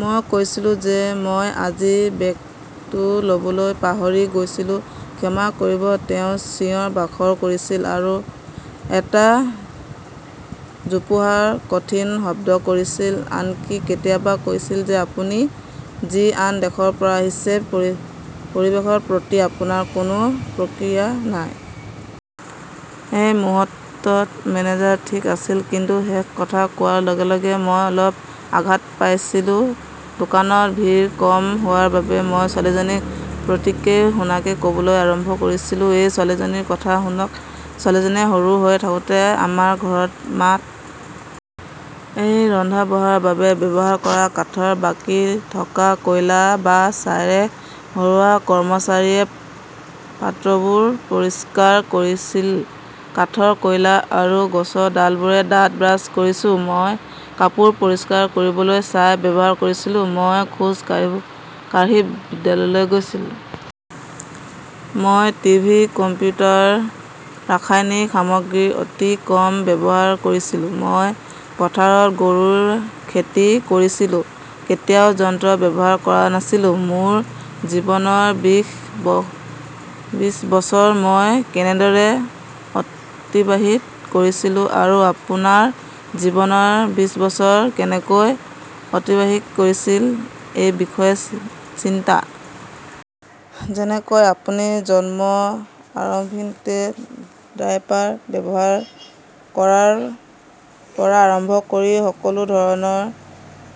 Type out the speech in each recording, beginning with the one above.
মই কৈছিলো যে মই আজি বেগটো লবলৈ পাহৰি গৈছিলো, ক্ষমা কৰিব। তেওঁ চিঞৰ-বাখৰ কৰিছিল আৰু এটা জোপোহা কঠিন শব্দ কৰিছিল। আনকি কেতিয়াবা কৈছিল যে আপুনি যি আন দেশৰ পৰা আহিছে, পৰিৱেশৰ প্ৰতি আপোনাৰ কোনো প্ৰতিক্ৰিয়া নাই। এই মুহূৰ্তত মেজাজ ঠিক আছিল কিন্তু শেষ কথা কোৱাৰ লগে লগে মই অলপ আঘাত পাইছিলো। দোকানত ভিৰ কম হোৱাৰ বাবে মই ছোৱালীজনীক প্ৰত্যেকেই শুনাকে কবলৈ আৰম্ভ কৰিলো। এই ছোৱালীজনীৰ কথা শুনক, ছোৱালীটোৱে সৰু হৈ থাকোতে আমাৰ ঘৰত মাকে কাঠৰে ৰন্ধা-বঢ়া কৰিছিল। সেই ৰন্ধা-বঢ়াৰ বাবে ব্যৱহাৰ কৰা কাঠৰ বাকী থকা কয়লা বা ছাইৰে ঘৰুৱা কৰ্মচাৰীয়ে পাত্ৰবোৰ পৰিষ্কাৰ কৰিছিল। কাঠৰ কয়লা আৰু গছৰ ডালবোৰেৰে দাঁত ব্ৰাছ কৰিছো। মই কাপোৰ পৰিষ্কাৰ কৰিবলৈ ছাই ব্যৱহাৰ কৰিছিলো। মই খোজ কাঢ়ি বিদ্যালয়লৈ গৈছিলো, গাড়ী বা মটৰ চলোৱা নাছিলো। মই টি.ভি., কম্পিউটাৰ, ৰাসায়নিক সামগ্ৰীৰ অতি কম ব্যৱহাৰ কৰিছিলো। মই পথাৰত গৰুৰে খেতি কৰিছিলো, কেতিয়াও যন্ত্ৰ ব্যৱহাৰ কৰা নাছিলো। মোৰ জীৱনৰ বিশ বছৰ মই কেনেদৰে অতিবাহিত কৰিছিলো আৰু আপোনাৰ জীৱনৰ বিশ বছৰ কেনেকৈ অতিবাহিত কৰিছিল সেই বিষয়ে চিন্তা কৰক। যেনেকৈ আপুনি জন্মৰ আৰম্ভণিতে ডায়েপাৰ ব্যৱহাৰ কৰাৰ পৰা আৰম্ভ কৰি সকলো ধৰণৰ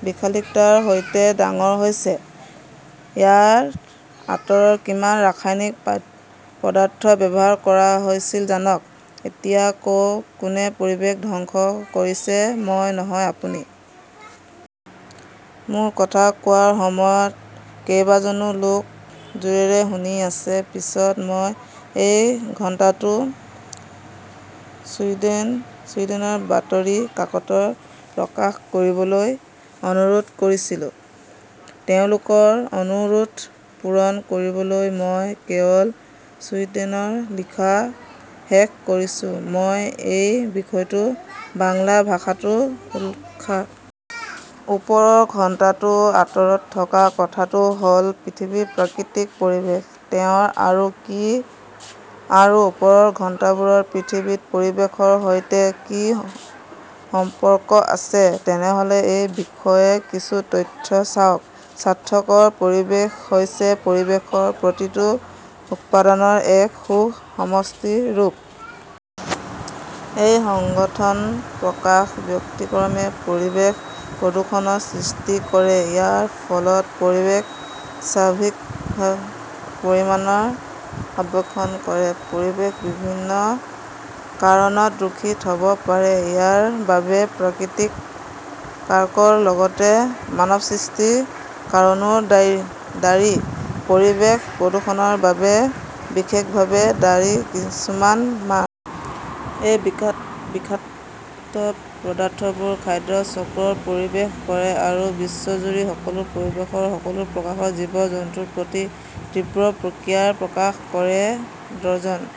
বিলাসিতাৰ সৈতে ডাঙৰ হৈছে। ইয়াৰ আঁৰত কিমান ৰাসায়নিক পদাৰ্থ ব্যৱহাৰ কৰা হৈছিল জানক? এতিয়া কওক কোনে পৰিৱেশ ধ্বংস কৰিছে, মই নহয় আপুনি? মোৰ কথা কোৱাৰ সময়ত কেইবাজনো লোক জোৰেৰে শুনি আছে। পিছত মই এই ঘটনাটো ছুইডেনৰ বাতৰি কাকতত প্ৰকাশ কৰিবলৈ অনুৰোধ কৰিলো। তেওঁলোকৰ অনুৰোধ পূৰণ কৰিবলৈ মই কেৱল ছুইডেনত লিখা শেষ কৰিছো। মই এই বিষয়টো বাংলা ভাষাতো উত্থাপন কৰাৰ কথা ভাবিছিলো, সেয়েহে এইটো লিখক। ওপৰৰ ঘটনাটোৰ আঁৰত থকা কথাটো হ'ল পৃথিৱীৰ প্ৰাকৃতিক পৰিৱেশ। তেওঁ আৰু কি আৰু ওপৰৰ ঘটনাবোৰৰ পৃথিৱীৰ পৰিৱেশৰ সৈতে কি সম্পৰ্ক আছে? তেনেহ'লে এই বিষয়ে কিছু তথ্য চাওক। স্বাস্থ্যকৰ পৰিৱেশ হৈছে পৰিৱেশৰ প্ৰতিটো উপাদানৰ এক সু-সমন্বিত ৰূপ। এই সুসংগঠিত প্ৰকাৰৰ ব্যতিক্ৰমে পৰিৱেশ প্ৰদূষণৰ সৃষ্টি কৰে। ইয়াৰ ফলত পৰিৱেশৰ স্বাভাৱিক পৰিমাণৰ অৱক্ষয় হয়। পৰিৱেশ বিভিন্ন কাৰণত দূষিত হ'ব পাৰে। ইয়াৰ বাবে প্ৰাকৃতিক কাৰকৰ লগতে মানৱসৃষ্ট কাৰণো দায়ী। পৰিৱেশ প্ৰদূষণৰ বাবে বিশেষভাৱে দায়ী কিছুমান মাৰাত্মক ৰাসায়নিক পদাৰ্থ যাক আমি "ডাৰ্টি ডজন" বুলি কওঁ। এই বিষাক্ত পদাৰ্থবোৰে খাদ্য চক্ৰত প্ৰৱেশ কৰে আৰু বিশ্বজুৰি সকলো পৰিৱেশৰ সকলো প্ৰকাৰৰ জীৱ-জন্তুৰ প্ৰতি তীব্ৰ প্ৰতিক্ৰিয়া প্ৰকাশ কৰে। ডজন